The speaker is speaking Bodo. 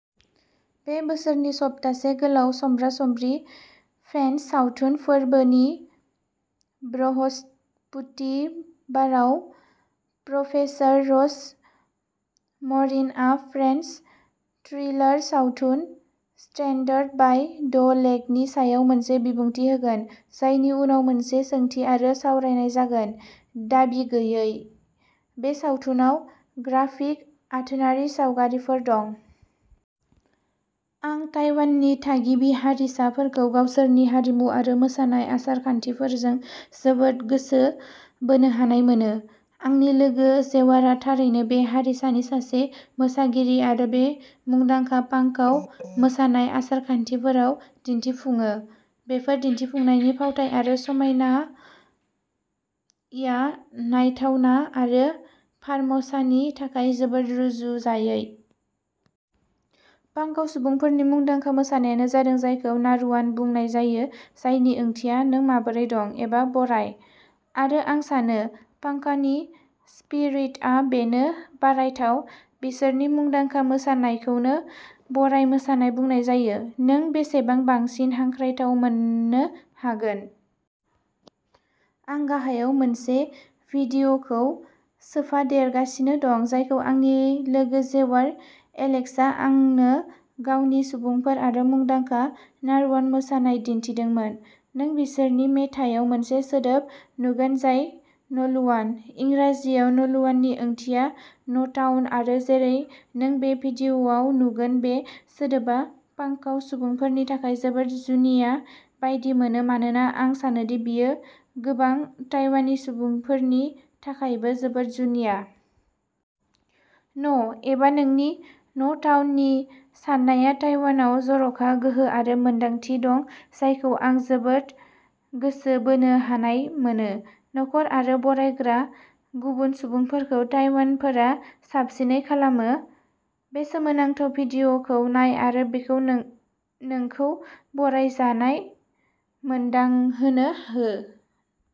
बे बोसोरनि सप्तासे गोलाव समब्रा-समब्रि फ्रेन्स सावथुन फोरबोनि बृहस्पतिबाराव, प्रफेसार रस मरिनआ फ्रेन्स थ्रिलार सावथुन, स्ट्रेन्जार बाय द लेकनि सायाव मोनसे बिबुंथि होगोन, जायनि उनाव मोनसे सोंथि आरो सावरायनाय जागोन। दाबि गैयैः बे सावथुनाव ग्राफिक आथोनारि सावगारिफोर दं। आं ताइवाननि थागिबि हारिसाफोरखौ गावसोरनि हारिमु आरो मोसानाय आसार-खान्थिफोरजों जोबोद गोसो बोनो हानाय मोनो। आंनि लोगो जेवारआ थारैनो बे हारिसानि सासे मोसागिरि आरो बे मुंदांखा पांकाउ मोसानाय आसार-खान्थिफोराव दिन्थिफुङो। बेफोर दिन्थिफुंनायनि फावथाइ आरो समायनाया नायथावना आरो फर्म'सानि थाखाय जोबोद रुजुजायै। पांकाउ सुबुंफोरनि मुंदांखा मोसानाया जादों जायखौ "नारुवान" बुंनाय जायो जायनि ओंथिया "नों माबोरै दं? " एबा "बराय"। आरो आं सानो पांकाहनि स्पिरिटआ बेनो, बरायथाव। बिसोरनि मुंदांखा मोसानायखौनो "बराय मोसानाय" बुंनाय जायो। नों बेसेबां बांसिन हांख्रायथाव मोन्नो हागोन? आं गाहायाव मोनसे भिडिअ'खौ सोफादेरगासिनो दं जायखौ आंनि लोगो जेवार एलेक्सआ आंनो गावनि सुबुंफोर आरो मुंदांखा "नारुवान मोसानाय" दिन्थिदोंमोन। नों बिसोरनि मेथाइयाव मोनसे सोदोब नुगोन जाय "नलुवान"। इंराजियाव नलुवाननि ओंथिया "न'टाउन" आरो जेरै नों बे भिडिअ'आव नुगोन बे सोदोबा पांकाह सुबुंफोरनि थाखाय जोबोद जुनिया बायदि मोनो मानोना आं सानोदि बेयो गोबां ताइवानी सुबुंफोरनि थाखायबो जोबोद जुनिया। "न'" एबा नोंनि "न'टाउन" नि साननाया ताइवानआव जर'खा गोहो आरो मोनदांथि दं जायखौ आं जोबोद गोसो बोनो हानाय मोनो। नखर आरो "बरायग्रा" गुबुन सुबुंफोरखौ ताइवानफोरा साबसिनै खालामो। बे सोमोनांथाव भिडिअ'खौ नाय आरो बेखौ नोंखौ "बरायजानाय" मोनदांहोनो हो।